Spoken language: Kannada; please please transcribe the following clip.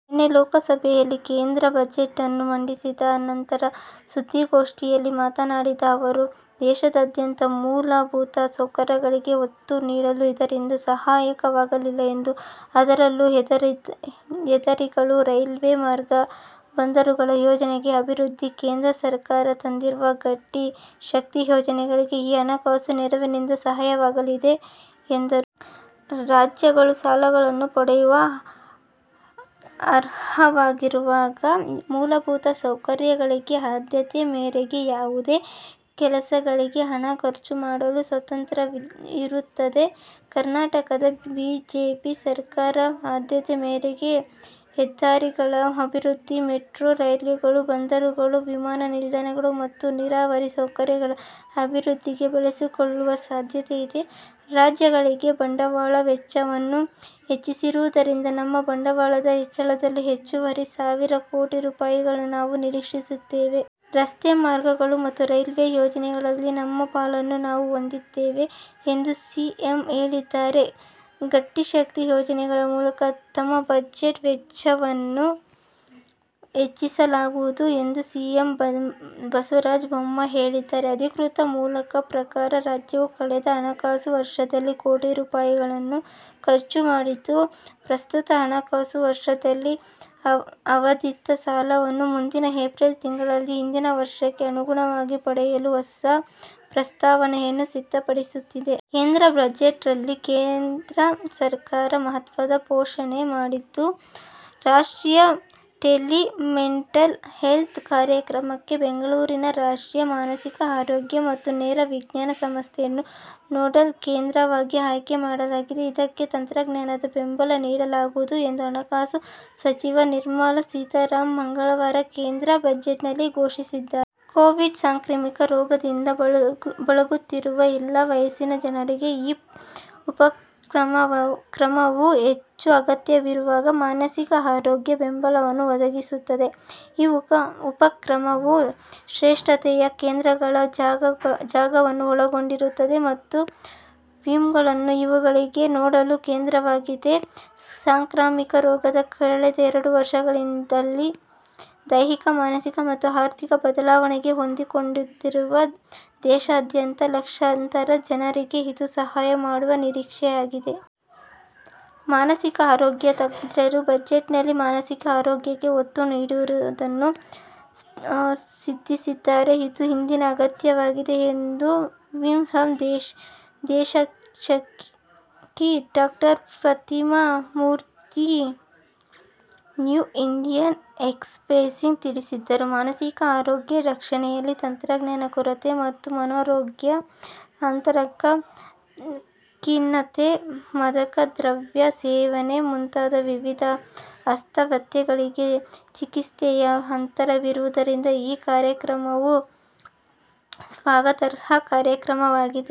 ನಿನ್ನೆ ಲೋಕಸಭೆಯಲ್ಲಿ ಕೇಂದ್ರ ಬಜೆಟ್- ನ್ನು ಮಂಡಿಸಿದ ನಂತರ ಸುದ್ದಿಗೋಷ್ಠಿಯಲ್ಲಿ ಮಾತನಾಡಿದ ಅವರು, ದೇಶಾದ್ಯಂತ ಮೂಲಭೂತ ಸೌಕರ್ಯಗಳಿಗೆ ಒತ್ತು ನೀಡಲು ಇದರಿಂದ ಸಹಾಯವಾಗಲಿದ್ದು, ಅದರಲ್ಲೂ ಹೆದ್ದಾರಿಗಳು, ರೈಲ್ವೆ ಮಾರ್ಗಗಳು, ಬಂದರುಗಳ ಯೋಜನೆ ಅಭಿವೃದ್ಧಿಗೆ ಕೇಂದ್ರ ಸರ್ಕಾರ ತಂದಿರುವ ಘಟಿ ಶಕ್ತಿ ಯೋಜನೆಗಳಿಗೆ ಈ ಹಣಕಾಸು ನೆರವಿನಿಂದ ಸಹಾಯವಾಗಲಿದೆ ಎಂದರು. ರಾಜ್ಯಗಳು ಸಾಲಗಳನ್ನು ಪಡೆಯಲು ಅರ್ಹವಾಗಿರುವಾಗ ಮೂಲಭೂತ ಸೌಕರ್ಯಗಳಿಗೆ ಆದ್ಯತೆ ಮೇರೆಗೆ ಯಾವುದೇ ಕೆಲಸಗಳಿಗೆ ಹಣ ಖರ್ಚು ಮಾಡಲು ಸ್ವಾತಂತ್ರ್ಯವಿರುತ್ತದೆ. ಕರ್ನಾಟಕದ ಬಿಜೆಪಿ ಸರ್ಕಾರ ಆದ್ಯತೆ ಮೇರೆಗೆ ಹೆದ್ದಾರಿಗಳ ಅಭಿವೃದ್ಧಿ, ಮೆಟ್ರೊ ರೈಲುಗಳು, ಬಂದರುಗಳು, ವಿಮಾನ ನಿಲ್ದಾಣಗಳು ಮತ್ತು ನೀರಾವರಿ ಸೌಕರ್ಯಗಳ ಅಭಿವೃದ್ಧಿಗೆ ಬಳಸಿಕೊಳ್ಳುವ ಸಾಧ್ಯತೆಯಿದೆ. ರಾಜ್ಯಗಳಿಗೆ ಬಂಡವಾಳದ ವೆಚ್ಚವನ್ನು ಹೆಚ್ಚಿಸಿರುವುದರಿಂದ, ನಮ್ಮ ಬಂಡವಾಳದ ವೆಚ್ಚದಲ್ಲಿ ಹೆಚ್ಚುವರಿ ಸಾವಿರ ಕೋಟಿ ರೂಪಾಯಿಗಳನ್ನು ನಾವು ನಿರೀಕ್ಷಿಸುತ್ತೇವೆ. ರಸ್ತೆ ಮಾರ್ಗಗಳು ಮತ್ತು ರೈಲ್ವೆ ಯೋಜನೆಗಳಲ್ಲಿ ನಮ್ಮ ಪಾಲನ್ನು ನಾವು ಹೊಂದಿದ್ದೇವೆ ಎಂದು ಸಿಎಂ ಹೇಳಿದ್ದಾರೆ. ಘಟಿ ಶಕ್ತಿ ಯೋಜನೆಗಳ ಮೂಲಕ ತಮ್ಮ ಬಜೆಟ್ ವೆಚ್ಚವನ್ನು ಹೆಚ್ಚಿಸಲಾಗುವುದು ಎಂದು ಸಿಎಂ ಬಸವರಾಜ ಬೊಮ್ಮಾಯಿ ಹೇಳಿದ್ದಾರೆ. ಅಧಿಕೃತ ಮೂಲಗಳ ಪ್ರಕಾರ, ರಾಜ್ಯವು ಕಳೆದ ಹಣಕಾಸು ವರ್ಷದಲ್ಲಿ ಕೋಟಿ ರೂಪಾಯಿಗಳನ್ನು ಖರ್ಚು ಮಾಡಿದ್ದು ಪ್ರಸಕ್ತ ಹಣಕಾಸು ವರ್ಷದಲ್ಲಿ ವರ್ಧಿತ ಸಾಲವನ್ನು ಮುಂದಿನ ಏಪ್ರಿಲ್ ತಿಂಗಳಲ್ಲಿ ಹಿಂದಿನ ವರ್ಷಕ್ಕೆ ಅನುಗುಣವಾಗಿ ಪಡೆಯಲು ಹೊಸ ಪ್ರಸ್ತಾವನೆಯನ್ನು ಸಿದ್ಧಪಡಿಸುತ್ತಿದೆ. ಕೇಂದ್ರ ಬಜೆಟ್ ರಲ್ಲಿ ಕೇಂದ್ರ ಸರ್ಕಾರ ಮಹತ್ವದ ಘೋಷಣೆ ಮಾಡಿದ್ದು, ರಾಷ್ಟ್ರೀಯ ಟೆಲಿ ಮೆಂಟಲ್ ಹೆಲ್ತ್ ಕಾರ್ಯಕ್ರಮಕ್ಕೆ ಬೆಂಗಳೂರಿನ ರಾಷ್ಟ್ರೀಯ ಮಾನಸಿಕ ಆರೋಗ್ಯ ಮತ್ತು ನರವಿಜ್ಞಾನ ಸಂಸ್ಥೆ ಯನ್ನು ನೋಡಲ್ ಕೇಂದ್ರವಾಗಿ ಆಯ್ಕೆ ಮಾಡಲಾಗಿದೆ. ಇದಕ್ಕೆ ತಂತ್ರಜ್ಞಾನದ ಬೆಂಬಲ ನೀಡಲಾಗುವುದು ಎಂದು ಹಣಕಾಸು ಸಚಿವೆ ನಿರ್ಮಲಾ ಸೀತಾರಾಮನ್ ಮಂಗಳವಾರ ಕೇಂದ್ರ ಬಜೆಟ್ನಲ್ಲಿ ಘೋಷಿಸಿದ್ದಾರೆ. ಕೋವಿಡ್ ಸಾಂಕ್ರಾಮಿಕ ರೋಗದಿಂದ ಬಳಲುತ್ತಿರುವ ಎಲ್ಲಾ ವಯಸ್ಸಿನ ಜನರಿಗೆ ಈ ಉಪಕ್ರಮವು ಹೆಚ್ಚು ಅಗತ್ಯವಿರುವ ಮಾನಸಿಕ ಆರೋಗ್ಯ ಬೆಂಬಲವನ್ನು ಒದಗಿಸುತ್ತದೆ. ಈ ಉಪಕ್ರಮವು ಶ್ರೇಷ್ಠತೆಯ ಕೇಂದ್ರಗಳ ಜಾಲವನ್ನು ಒಳಗೊಂಡಿರುತ್ತದೆ ಮತ್ತು ನಿಮ್ಹಾನ್ಸ್ ಇವುಗಳಿಗೆ ನೋಡಲ್ ಕೇಂದ್ರವಾಗಿದೆ. ಸಾಂಕ್ರಾಮಿಕ ರೋಗದ ಕಳೆದ ಎರಡು ವರ್ಷಗಳಲ್ಲಿ ದೈಹಿಕ, ಮಾನಸಿಕ ಮತ್ತು ಆರ್ಥಿಕ ಬದಲಾವಣೆಗಳಿಗೆ ಹೊಂದಿಕೊಳ್ಳುತ್ತಿರುವ ದೇಶಾದ್ಯಂತ ಲಕ್ಷಾಂತರ ಜನರಿಗೆ ಇದು ಸಹಾಯ ಮಾಡುವ ನಿರೀಕ್ಷೆಯಿದೆ. ಮಾನಸಿಕ ಆರೋಗ್ಯ ತಜ್ಞರು ಬಜೆಟ್ನಲ್ಲಿ ಮಾನಸಿಕ ಆರೋಗ್ಯಕ್ಕೆ ಒತ್ತು ನೀಡಿರುವುದನ್ನು ಶ್ಲಾಘಿಸಿದ್ದಾರೆ. ಇದು ಇಂದಿನ ಅಗತ್ಯವಾಗಿದೆ ಎಂದು ನಿಮ್ಹಾನ್ಸ್ ನಿರ್ದೇಶಕಿ ಡಾ ಪ್ರತಿಮಾ ಮೂರ್ತಿ ನ್ಯೂ ಇಂಡಿಯನ್ ಎಕ್ಸ್ಪ್ರೆಸ್ಗೆ ತಿಳಿಸಿದರು, 'ಮಾನಸಿಕ ಆರೋಗ್ಯ ರಕ್ಷಣೆಯಲ್ಲಿ ತಜ್ಞರ ಕೊರತೆ ಮತ್ತು ಮನೋರೋಗ, ಆತಂಕ, ಖಿನ್ನತೆ, ಮಾದಕ ದ್ರವ್ಯ ಸೇವನೆ ಮುಂತಾದ ವಿವಿಧ ಅಸ್ವಸ್ಥತೆಗಳಿಗೆ ಚಿಕಿತ್ಸೆಯ ಅಂತರವಿರುವುದರಿಂದ ಈ ಕಾರ್ಯಕ್ರಮವು ಸ್ವಾಗತಾರ್ಹ ಕ್ರಮವಾಗಿದೆ.